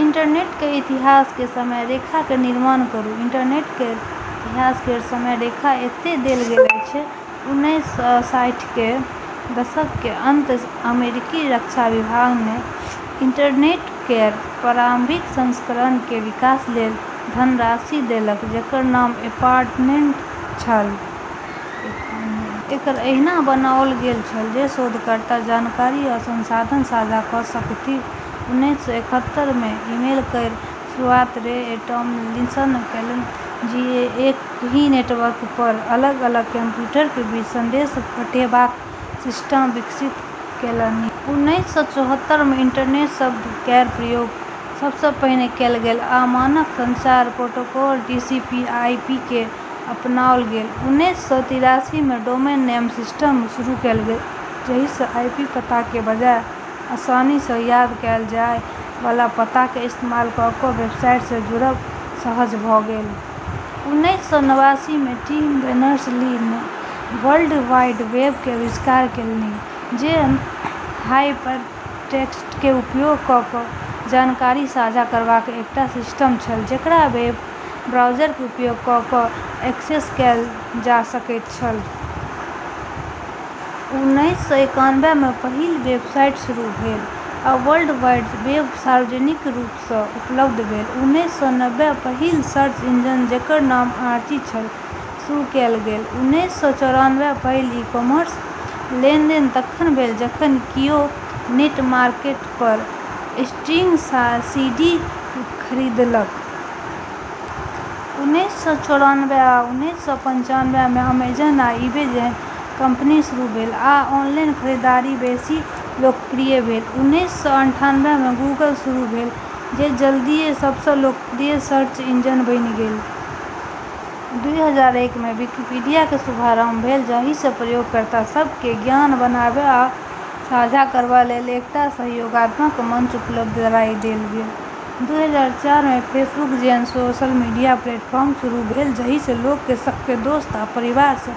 Internet के इतिहास के समय रेखा के निर्माण करू। इंटरनेट केर इतिहास केर समय रेखा एतय देल गेल अछि। उन्नैस सय साठि के दशक के अंत अमेरिकी रक्षा विभाग ने इंटरनेट केर प्रारंभिक संस्करण के विकास लेल धनराशि देलक जेकर नाम एर्पानेट छल। एकरा एहिना बनाओल गेल छल जे शोधकर्ता जानकारी आ संसाधन साझा कऽ सकथि। उन्नैस सय इकहत्तर मे ईमेल केर शुरुआत रे टॉमलिनसन केलनि, जे एक ही नेटवर्क पर अलग अलग कंप्यूटर के बीच संदेश पठेबाक सिस्टम विकसित केलनि। उन्नैस सय चौहत्तर मे इंटरनेट शब्द केर प्रयोग सब सँ पहिने कएल गेल, आ मानक संचार प्रोटोकॉल टीसीपी आ आईपी केँ अपनाओल गेल। उन्नैस सय तिरासी मे डोमेन नेम सिस्टम शुरू कएल गेल, जाहि सँ आईपी पता के बजाय आसानी सँ याद कएल जाय वाला पता के इस्तेमाल कऽ कऽ वेबसाइट सँ जुड़ब सहज भऽ गेल। उन्नैस सय नवासी मे टिम बर्नर्स ली ने वर्ल्ड वाइड वेब के आविष्कार केलनि, जे हाइपरटेक्स्ट के उपयोग कऽ कऽ जानकारी साझा करबाक एकटा सिस्टम छल जेकरा वेब ब्राउज़र के उपयोग कऽ कऽ एक्सेस कएल जा सकैत छल। उन्नैस सय एकानबे मे पहिल वेबसाइट शुरू भेल, आ वर्ल्ड वाइड वेब सार्वजनिक रूप सँ उपलब्ध भेल। उन्नैस सय नब्बे पहिल सर्च इंजन, जेकर नाम आर्ची छल, शुरू कएल गेल। उन्नैस सय चौरानबे पहिल ई कॉमर्स लेनदेन तखन भेल जखन कियो नेटमार्केट पर स्टिंग सीडी खरीदलक। उन्नैस सय चौरानबे आ उन्नैस सय पंचानबे मे अमेजन आ ईबे जेहन कंपनी शुरू भेल, आ ऑनलाइन खरीदारी बेसी लोकप्रिय भेल। उन्नैस सय अठानबे मे गूगल शुरू भेल, जे जल्दीए सब सँ लोकप्रिय सर्च इंजन बनि गेल। दुई हजार एक मे विकिपीडिया के शुभारंभ भेल, जाहि सँ प्रयोगकर्ता सभ केँ ज्ञान बनाबय आ साझा करबा लेल एकटा सहयोगात्मक मंच उपलब्ध कराए देल गेल। दुई हजार चारि मे फेसबुक जेहन सोशल मीडिया प्लेटफॉर्म शुरू भेल, जाहि सँ लोक सभ केँ दोस्त आ परिवार सँ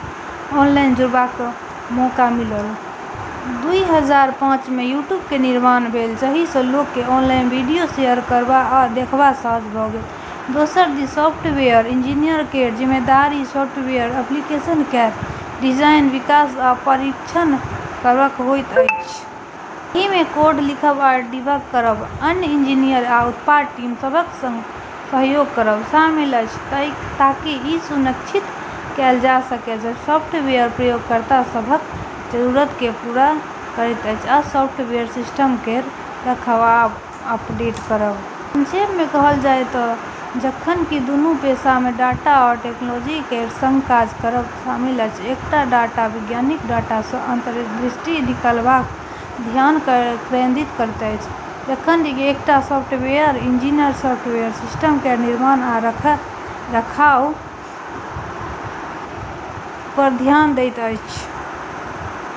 ऑनलाइन जुड़बाक मौका मिलल। दुई हजार पाँच मे यूट्यूब के निर्माण भेल, जाहि सँ लोक के ऑनलाइन वीडियो शेयर करब आ देखब सहज भऽ गेल। दोसर दिस, सॉफ्टवेयर इंजीनियर केर जिम्मेदारी सॉफ्टवेयर एप्लीकेशन केर डिजाइन, विकास आ परीक्षण करब होइत अछि। एहि मे कोड लिखब आ डिबग करब, अन्य इंजीनियर आ उत्पाद टीम सभक संग सहयोग करब शामिल अछि ताकि ई सुनिश्चित कएल जा सकय जे सॉफ्टवेयर प्रयोगकर्ता सभक जरूरत केँ पूरा करैत अछि, आ सॉफ्टवेयर सिस्टम केर रख रखाव आ अपडेट करब। संक्षेप मे कहल जाय तँ जखन कि दुनू पेशा मे डाटा आ टेक्नोलॉजी केर संग काज करब शामिल अछि, एकटा डाटा वैज्ञानिक डाटा सँ अंतर्दृष्टि निकालबा पर ध्यान केंद्रित करैत अछि, जखन कि एकटा सॉफ्टवेयर इंजीनियर सॉफ्टवेयर सिस्टम केर निर्माण आ रख रखाव पर ध्यान दैत अछि।